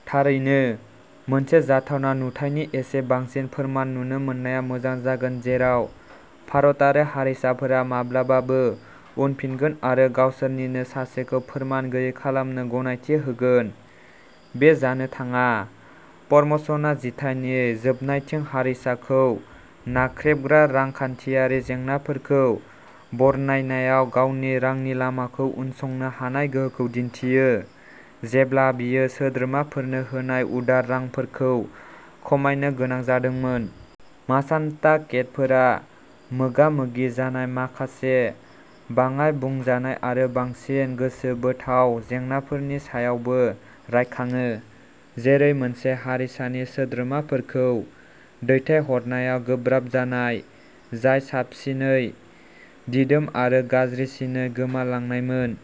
" थारैनो? मोनसे जाथावना नुथायनि एसे बांसिन फोरमान नुनो मोननाया मोजां जागोन जेराव भारतारि हारिसाफोरा माब्लाबाबो उनफिनगोन आरो गावसोरनिनो सासेखौ फोरमान गैयै खालामनो गनायथि होगोन। बेयो जानो थाङा। फ'र्मसनआ जिथाइनि जोबनायथिं हारिसाखौ नाख्रेबग्रा रांखान्थियारि जेंनाफोरखौ बरनायनायाव गावनि रांनि लामाखौ उनसंनो हानाय गोहोखौ दिन्थियो, जेब्ला बियो सोद्रोमाफोरनो होनाय उदार रांफोरखौ खमायनो गोनां जादोंमोन। माशान्टाकेटफोरा मोगा-मोगि जानाय माखासे बाङाय-बुंजानाय आरो बांसिन गोसोबोथाव जेंनाफोरनि सायावबो रायखाङो, जेरै मोनसे हारिसानि सोद्रोमाफोरखौ "दैथायहरनायाव" गोब्राब जानाय, जाय साबसिनै दिदोम आरो गाज्रिसिनै गोमालांनायमोन।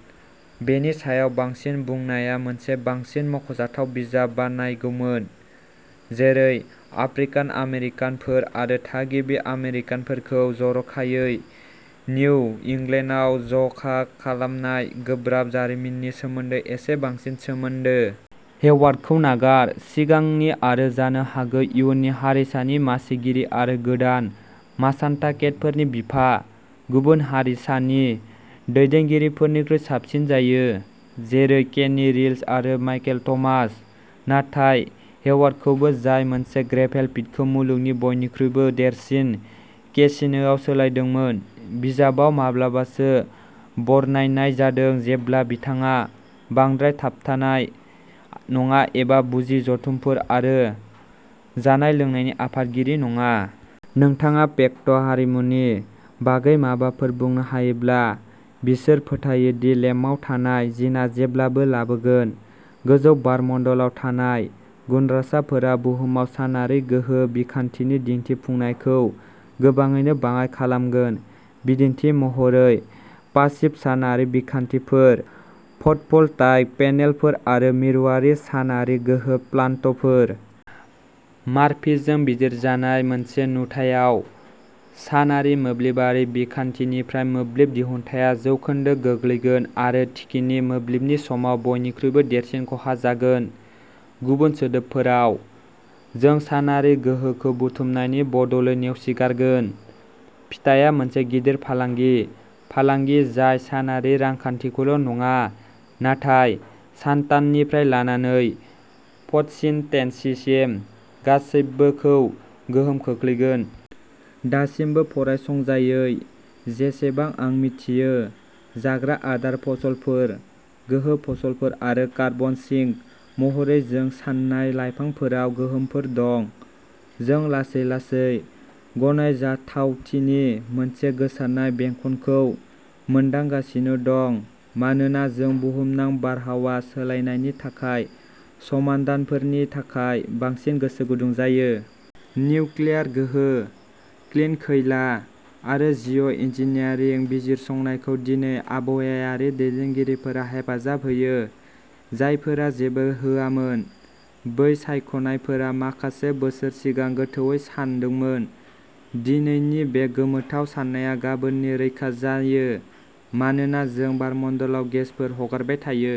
बेनि सायाव बांसिन बुंनाया मोनसे बांसिन मख'जाथाव बिजाब बानायगौमोन, जेरै आफ्रिकान आमेरिकानफोर आरो थागिबि आमेरिकानफोरखौ जर'खायै निउ इंलेन्डआव ज'खालामनाय गोब्राब जारिमिननि सोमोन्दै एसे बांसिन सोमोन्दो। हेवार्डखौ नागार, सिगांनि-आरो जानो हागौ इयुननि-हारिसानि मासिगिरि आरो गोदान माशान्टाकेटफोरनि बिफा, गुबुन हारिसानि दैदेनगिरिफोरनिख्रुइ साबसिन जायो, जेरै केनि रिल्स आरो माइकेल थमास। नाथाय हेवार्डखौबो, जाय मोनसे ग्रेभेल पिटखौ मुलुगनि बयनिख्रुइबो देरसिन केसिनोआव सोलायदोंमोन, बिजाबाव माब्लाबासो बरनायनाय जादों जेब्ला बिथाङा "बांद्राय थाबथानाय" नङा एबा "बुजि" जथुमफोर आरो जानाय-लोंनायनि आफादगिरि नङा। "नोंथाङा पेक'ट हारिमुनि बागै माबाफोर बुंनो हायोब्ला, बिसोर फोथायो दि लेम्पआव थानाय जिनआ जेब्लाबो लाबोगोन। गोजौ बारमण्डलाव थानाय गुनद्रासाफोरा बुहुमाव सानआरि गोहो बिखान्थिनि दिन्थिफुंनायखौ गोबाङैनो बाङाइ खालामगोन-बिदिन्थि महरै, पासिभ सानारि बिखान्थिफोर, फट'भल्टाइक पेनेलफोर आरो मिरुआरि सानआरि गोहो प्लान्टफोर। मार्फिजों बिजिरजानाय मोनसे नुथायाव, सानआरि मोब्लिबारि बिखान्थिनिफ्राय मोब्लिब दिहुन्थाया जौखोन्दो गोग्लैगोन आरो थिखिनि मोब्लिबनि समाव बयनिख्रुइबो देरसिन खहा जागोन। गुबुन सोदोबफोराव, जों सानआरि गोहोखौ बुथुमनायनि बदलै नेवसिगारगोन। फिथायआ मोनसे गिदिर फालांगि-फालांगि जाय सानआरि रांखान्थिखौल'नङा, नाथाय सानटाननिफ्राय लानानै फट'सिनथेसिससिम गासैबोखौ गोहोम खोख्लैगोन। दासिमबो फरायसंजायै, जेसेबां आं मिथियो, जाग्रा आदार फसलफोर, गोहो फसलफोर आरो कार्बन सिंक महरै जों सान्नाय लाइफांफोराव गोहोमफोर दं। जों लासै-लासै गनायजाथावथिनि मोनसे गोसारनाय बेंखनखौ मोनदांगासिनो दं मानोना जों बुहुमनां बारहावा सोलायनायनि थाखाय समाधानफोरनि थाखाय बांसिन गोसो गुदुं जायो। निउक्लियार गोहो, "क्लिन खैला" आरो जिअ'- इन्जिनियारिं बिजिरसंनायखौ दिनै आबहावायारि दैदेनगिरिफोरा हेफाजाब होयो, जायफोरा जेबो होआमोन। बै सायख'नायफोरा माखासे बोसोर सिगां गोथौवै सानदोंमोन। दिनैनि बे गोमोथाव साननाया गाबोननि रैखा जायो मानोना जों बारमण्डलाव गेसफोर हगारबाय थायो।